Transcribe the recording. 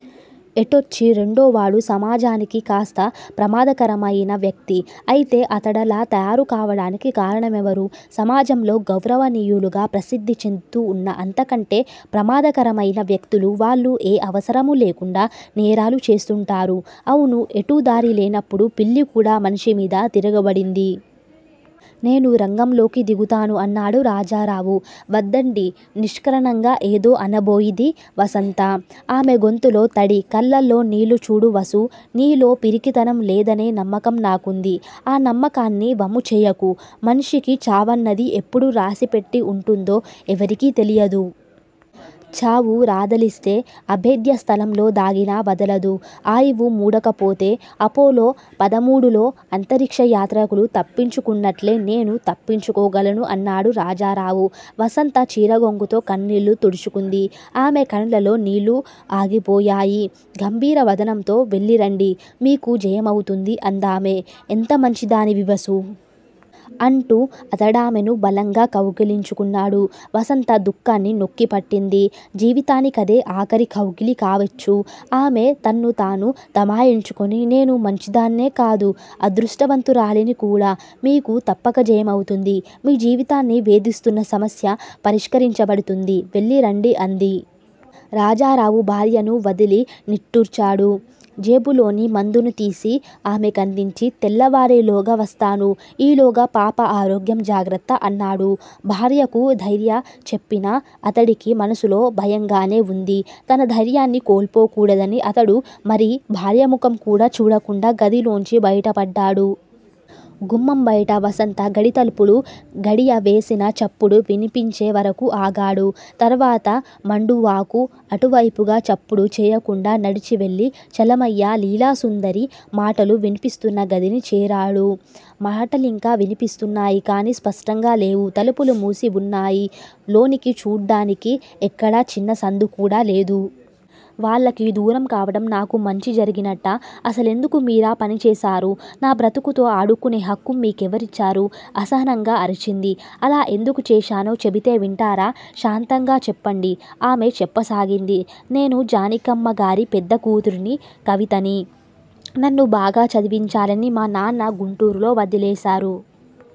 ఎటొచ్చీ రెండోవాడు సమాజనికి కాస్త ప్రమాదకరమయిన వ్యక్తి. అయితే అతడలా తయారు కావడానికి కారణమెవరు? సమాజంలో గౌరవనీయులుగా ప్రసిద్ధి చెందుతూ ఉన్న అంతకంటే ప్రమాదకరమయిన వ్యక్తులు, వాళ్ళు ఏ అవసరమూ లేకుండా నేరాలు చేస్తూంటారు. అవును. ఎటూ దారిలేనప్పుడు పిల్లి కూడా మనిషి మీద తిరగబడింది. నేను రంగంలోకి దిగుతాను అన్నాడు రాజారావు. వద్దండీ _ నిష్కారణంగా ఏదో అనబోయి ది వసంత. ఆమె గొంతులో తడి, కళ్ళలో నీళ్ళు చూడు వసూ! నీలో పిరికితనం లేదనే నమ్మకం నాకుంది. ఆ నమ్మకాన్ని వమ్ముచేయకు. మనిషికి చావన్నది ఎప్పుడు రాసిపెట్టి ఉంటుందో ఎవరికీ తెలియదు. చావు రాదలిస్తే అభేద్యస్థలంలో దాగినా వదలదు. ఆయువు మూడకపొతే _ అపోలో పదమూడులో అంతరిక్ష యాత్రికులు తప్పించుకున్నట్ట్లే నేనూ తప్పించుకోగలను అన్నాడు రాజారావు. వసంత చీరగోంగుతో కన్నీళ్ళు తుడుచుకుంది ఆమె కనులలో నీళ్ళు ఆగిపోయాయి. గంభీర వదనంతో __ వెళ్ళిరండి! మీకు జయమవుతుంది! అందామె. ఎంత మంచిదానివి వసూ! అంటూ అతడామెను బలంగా కౌగలించుకున్నాడు. వసంత దుఃఖాన్ని నొక్కిపట్టింది. జీవితానికదే ఆఖరి కౌగలి కావచ్చు. ఆమె తన్ను తాను తమాయించుకుని __ నెను మంచిదాన్నే కాదు __ అదృష్టవంతురాలిని కూడా. మీకు తప్పక జయమవుతుంది. మీ జీవితాన్ని వేధిస్తున్న సమస్య పరిష్కరించబడుతుంది. వెళ్ళిరండి __ అంది. రాజారావు భార్యను వదిలి నిట్టూర్చాడు. జేబులోని మందులు తీసి అమెకందించి _ తెల్లవారేలోగా వస్తాను. ఈలోగా పాప ఆరోగ్యం జాగ్రత్త! అన్నాడు. భార్యకు ధైర్య చెప్పినా అతడికీ మనసులో భయంగానే ఉంది. తన ధైర్యాన్ని కోల్పోకూడదని అతడు మరి భార్య ముఖం కూడా చూడకుండా గదిలోంచి బయటపడ్డాడు. గుమ్మం బయట వసంత గడితలుపు గడియవేసిన చప్పుడు వినిపించే వరకూ ఆగాడు. తర్వాత మండువాకు అటువైపుగా చప్పుడు చేయకుండా నడిచివెళ్ళి చలమయ్య, లీలాసుందరి మాటలు వినిపిస్తున్న గదిని చేరాడు. మాటలింకా వినిపిస్తున్నాయి కానీ స్పష్టంగా లేవు తలుపులు మూసి ఉన్నాయి. లోనికి చూడ్డానికి ఎక్కడా చిన్న సందు కూడా లేదు. వాళ్ళకి దూరం కావటం నాకు మంచి జరిగినట్టా? అసలెందుకు మీరా పని చేశారు? నా బ్రతుకుతో ఆడుకునే హక్కు మీ కెవరిచ్చారు? అసహనంగా అరిచింది. అలా ఎందుకు చేశానో చెబితేవింటారా శాంతంగా! చెప్పండి! ఆమె చెప్పసాగింది. నేను జానికమ్మగారి పెద్దకూతురిని కవితని. నన్ను బాగా చదివించాలని మా నాన్న గుంటూరులో వదిలేశారు.